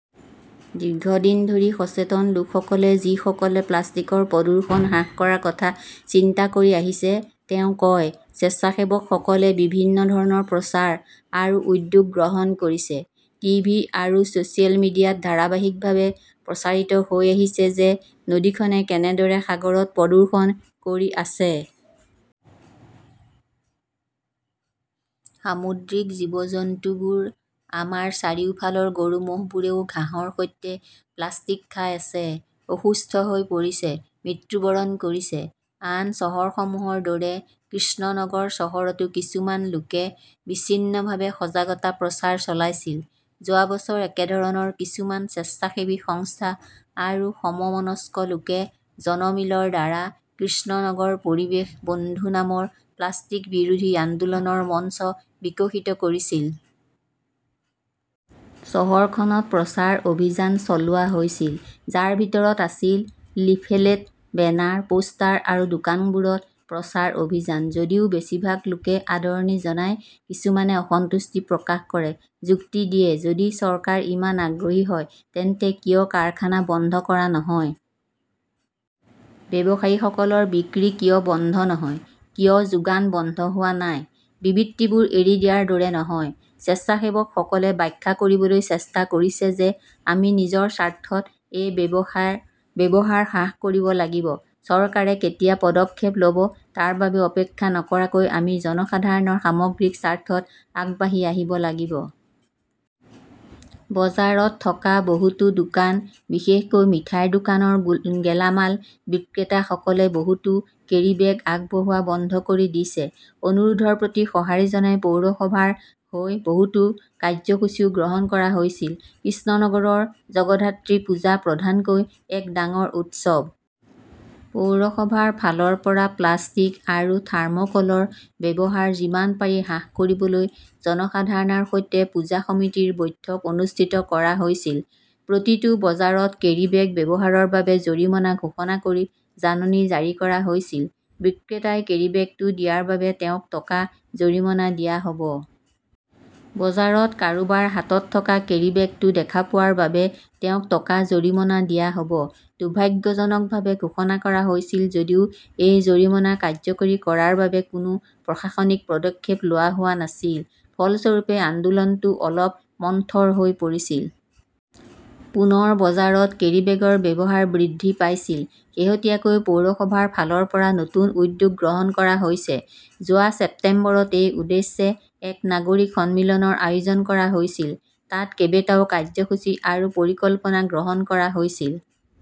দীৰ্ঘদিন ধৰি সচেতন লোকসকলে যিসকলে প্লাষ্টিকৰ প্ৰদূষণ হ্ৰাস কৰাৰ কথা চিন্তা কৰি আহিছে তেওঁ কয়, স্বেচ্ছাসেৱকসকলে বিভিন্ন ধৰণৰ প্ৰচাৰ আৰু উদ্যোগ গ্ৰহণ কৰিছে। টিভি আৰু ছ চিয়েল মিডিয়াত ধাৰাবাহিকভাৱে প্ৰচাৰিত হৈ আহিছে যে নদীখনে কেনেদৰে সাগৰত প্ৰদূষণ কৰি আছে। সামুদ্ৰিক জীৱ-জন্তুবোৰ, আমাৰ চাৰিওফালৰ গৰু-ম'হবোৰেও ঘাঁহৰ সৈতে প্লাষ্টিক খাই আছে, অসুস্থ হৈ পৰিছে, মৃত্যুবৰণ কৰিছে। আন চহৰসমূহৰ দৰে কৃষ্ণনগৰ চহৰতো কিছুমান লোকে বিচ্ছিন্নভাৱে সজাগতা প্ৰচাৰ চলাইছিল। যোৱা বছৰ একেধৰণৰ কিছুমান স্বেচ্ছাসেৱী সংস্থা আৰু সমমনস্ক লোকে জন মিলৰ দ্বাৰা 'কৃষ্ণনগৰ পৰিৱেশ বন্ধু নামৰ প্লাষ্টিক বিৰোধী আন্দোলনৰ মঞ্চ বিকশিত কৰিছিল। চহৰখনত প্ৰচাৰ অভিযান চলোৱা হৈছিল, যাৰ ভিতৰত আছিল লিফলেট, বেনাৰ, পোষ্টাৰ আৰু দোকানবোৰত প্ৰচাৰ অভিযান। যদিও বেছিভাগ লোকে আদৰণি জনায়, কিছুমানে অসন্তুষ্টি প্ৰকাশ কৰে, যুক্তি দিয়ে, যদি চৰকাৰ ইমান আগ্ৰহী হয় তেন্তে কিয় কাৰখানা বন্ধ কৰা নহয়? ব্যৱসায়ীসকলৰ বিক্ৰী কিয় বন্ধ নহয়? কিয় যোগান বন্ধ হোৱা নাই? বিবৃতিবোৰ এৰি দিয়াৰ দৰে নহয়। স্বেচ্ছাসেৱকসকলে ব্যাখ্যা কৰিবলৈ চেষ্টা কৰিছে যে আমি নিজৰ স্বাৰ্থত এই ব্যৱসাৰ ব্যৱহাৰ হ্ৰাস কৰিব লাগিব। চৰকাৰে কেতিয়া পদক্ষেপ ল'ব তাৰ বাবে অপেক্ষা নকৰাকৈ আমি জনসাধাৰণৰ সামগ্ৰিক স্বাৰ্থত আগবাঢ়ি আহিব লাগিব। বজাৰত থকা বহুতো দোকান, বিশেষকৈ মিঠাইৰ দোকানৰ গেলামাল বিক্ৰেতাসকলে বহুতো কেৰীবেগ আগবঢ়োৱা বন্ধ কৰি দিছে। অনুৰোধৰ প্ৰতি সঁহাৰি জনাই পৌৰসভাৰ হৈ বহুতো কাৰ্যসূচীও গ্ৰহণ কৰা হৈছিল। কৃষ্ণনগৰৰ জগধাত্ৰী পূজা প্ৰধানকৈ এক ডাঙৰ উৎসৱ। পৌৰসভাৰ ফালৰ পৰা প্লাষ্টিক আৰু থামৰ্কলৰ ব্যৱহাৰ যিমান পাৰি হ্ৰাস কৰিবলৈ জনসাধাৰণৰ সৈতে পূজা সমিতিৰ বৈঠক অনুষ্ঠিত কৰা হৈছিল। প্ৰতিটো বজাৰত কেৰীবেগ ব্যৱহাৰৰ বাবে জৰিমনা ঘোষণা কৰি জাননী জাৰি কৰা হৈছিল। বিক্ৰেতাই কেৰীবেগটো দিয়াৰ বাবে তেওঁক টকা জৰিমনা দিয়া হ'ব। বজাৰত কাৰোবাৰ হাতত থকা কেৰীবেগটো দেখা পোৱাৰ বাবে তেওঁক টকা জৰিমনা দিয়া হ'ব। দুৰ্ভাগ্যজনকভাৱে, ঘোষণা কৰা হৈছিল যদিও এই জৰিমনা কাৰ্যকৰী কৰাৰ বাবে কোনো প্ৰশাসনিক পদক্ষেপ লোৱা হোৱা নাছিল। ফলস্বৰূপে, আন্দোলনটো অলপ মন্থৰ হৈ পৰিছিল। পুনৰ বজাৰত কেৰীবেগৰ ব্যৱহাৰ বৃদ্ধি পাইছিল। শেহতীয়াকৈ পৌৰসভাৰ ফালৰ পৰা নতুন উদ্যোগ গ্ৰহণ কৰা হৈছে। যোৱা ছেপ্টেম্বৰত এই উদ্দেশ্যে এক নাগৰিক সন্মিলনৰ আয়োজন কৰা হৈছিল। তাত কেইবাটাও কাৰ্যসূচী আৰু পৰিকল্পনা গ্ৰহণ কৰা হৈছিল।